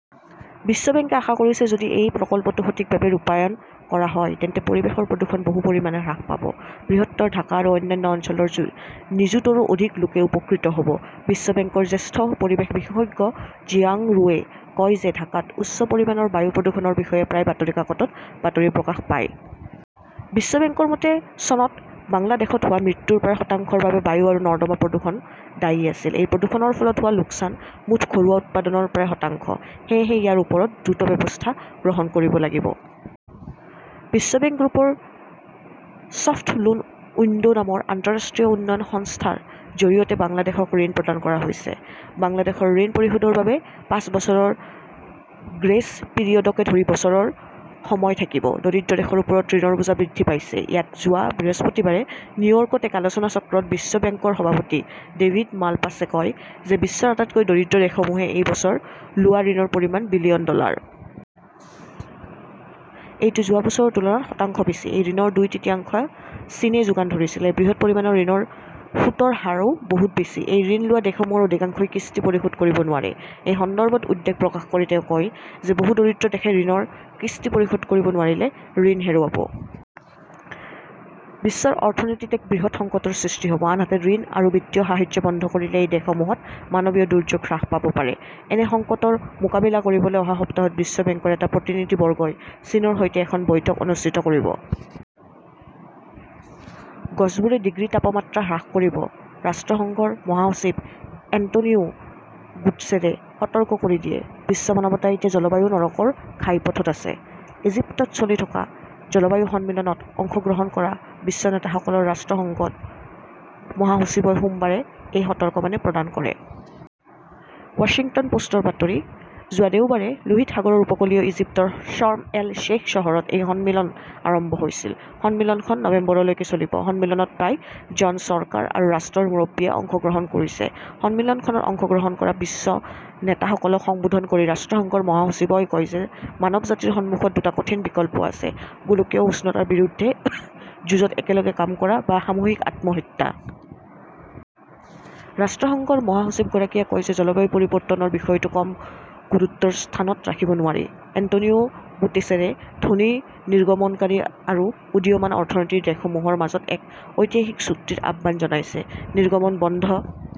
বিশ্ব বেংকে আশা কৰিছে যে যদি এই প্ৰকল্পটো সঠিকভাৱে ৰূপায়ণ কৰা হয় তেন্তে পৰিৱেশৰ প্ৰদূষণ বহু পৰিমাণে হ্ৰাস পাব। বৃহত্তৰ ঢাকা আৰু অন্যান্য অঞ্চলৰ নিযুতৰো অধিক লোকে উপকৃত হ "ব। বিশ্ব বেংকৰ জ্যেষ্ঠ পৰিৱেশ বিশেষজ্ঞ জিয়াং ৰুৱে কয় যে ঢাকাত উচ্চ পৰিমাণৰ বায়ু প্ৰদূষণৰ বিষয়ে প্ৰায়ে বাতৰি কাকতত বাতৰি প্ৰকাশ পায়। বিশ্ব বেংকৰ মতে, চনত বাংলাদেশত হোৱা মৃত্যুৰ প্ৰায় শতাংশৰ বাবে বায়ু আৰু নৰ্দমা প্ৰদূষণ দায়ী আছিল। এই প্ৰদূষণৰ ফলত হোৱা লোকচান মুঠ ঘৰুৱা উৎপাদনৰ প্ৰায় শতাংশ। সেয়েহে ইয়াৰ ওপৰত দ্ৰুত ব্যৱস্থা গ্ৰহণ কৰিব লাগিব। বিশ্ব বেংক গ্ৰুপৰ চফ্ট লোন উইণ্ডো নামৰ আন্তঃৰাষ্ট্ৰীয় উন্নয়ন সংস্থা ৰ জৰিয়তে বাংলাদেশক ঋণ প্ৰদান কৰা হৈছে। বাংলাদেশৰ ঋণ পৰিশোধৰ বাবে পাঁচ বছৰৰ গ্ৰেছ পিৰিয়ডকে ধৰি বছৰৰ সময় থাকিব। দৰিদ্ৰ দেশৰ ওপৰত ঋণৰ বোজা বৃদ্ধি পাইছেঃ ইয়াত যোৱা বৃহস্পতিবাৰে নিউয়ৰ্কত এক আলোচনাচক্ৰত বিশ্ব বেংকৰ সভাপতি ডেভিদ মালপাছে কয় যে বিশ্বৰ আটাইতকৈ দৰিদ্ৰ দেশসমূহে এই বছৰ লোৱা ঋণৰ পৰিমাণ বিলিয়ন ডলাৰ। এইটো যোৱা বছৰৰ তুলনাত শতাংশ বেছি। এই ঋণৰ দুই তৃতীয়াংশ চীনে যোগান ধৰিছিল। এই বৃহৎ পৰিমাণৰ ঋণৰ সুতৰ হাৰো বহুত বেছি। এই ঋণ লোৱা দেশসমূহৰ অধিকাংশই কিস্তি পৰিশোধ কৰিব নোৱাৰে। এই সন্দৰ্ভত উদ্বেগ প্ৰকাশ কৰি তেওঁ কয় যে বহু দৰিদ্ৰ দেশে ঋণৰ কিস্তি পৰিশোধ কৰিব নোৱাৰিলে ঋণ হেৰুৱাব। বিশ্ব অৰ্থনীতিত এক বৃহৎ সংকটৰ সৃষ্টি হ "ব। আনহাতে, ঋণ আৰু বিত্তীয় সাহায্য বন্ধ কৰিলে এই দেশসমূহত মানৱীয় দুৰ্যোগ হ্ৰাস পাব পাৰে। এনে সংকটৰ মোকাবিলা কৰিবলৈ অহা সপ্তাহত বিশ্ব বেংকৰ এটা প্ৰতিনিধিবৰ্গই চীনৰ সৈতে এখন বৈঠক অনুষ্ঠিত কৰিব। গছবোৰে ডিগ্ৰী তাপমাত্ৰা হ্ৰাস কৰিব ৰাষ্ট্ৰসংঘৰ মহাসচিব এন্টোনিও গুটেৰেছে সতৰ্ক কৰি দিয়ে, "বিশ্ব মানৱতা এতিয়া 'জলবায়ু-নৰকৰ ঘাইপথ" ত আছে। "ইজিপ্তত চলি থকা জলবায়ু সন্মিলন ত অংশগ্ৰহণ কৰা বিশ্ব নেতাসকলক ৰাষ্ট্ৰসংঘৰ মহাসচিবই সোমবাৰে এই সতৰ্কবাণী প্ৰদান কৰে। ৱাশ্বিংটন পোষ্টৰ বাতৰি। যোৱা দেওবাৰে লোহিত সাগৰৰ উপকূলীয় ইজিপ্তৰ শৰ্ম এল-শ্বেইখ চহৰত এই সন্মিলন আৰম্ভ হৈছিল। সন্মিলনখন নৱেম্বৰলৈকে চলিব। সন্মিলনত প্ৰায় জন চৰকাৰ আৰু ৰাষ্ট্ৰৰ মুৰব্বীয়ে অংশগ্ৰহণ কৰিছে। সন্মিলনখনত অংশগ্ৰহণ কৰা বিশ্ব নেতাসকলক সম্বোধন কৰি ৰাষ্ট্ৰসংঘৰ মহাসচিবই কয় যে মানৱজাতিৰ সন্মুখত দুটা কঠিন বিকল্প আছে-গোলকীয় উষ্ণতাৰ বিৰুদ্ধে যুঁজত একেলগে কাম কৰা বা 'সামূহিক আত্মহত্যা "। ৰাষ্ট্ৰসংঘৰ মহাসচিবগৰাকীয়ে কয় যে জলবায়ু পৰিৱৰ্তনৰ বিষয়টো কম গুৰুত্বৰ স্থানত ৰাখিব নোৱাৰি। এণ্টোনিও গুটেৰেছে ধনী নিৰ্গমনকাৰী আৰু উদীয়মান অৰ্থনীতিৰ দেশসমূহৰ মাজত এক 'ঐতিহাসিক "চুক্তিৰ আহ্বান জনাইছে। নিৰ্গমন বন্ধ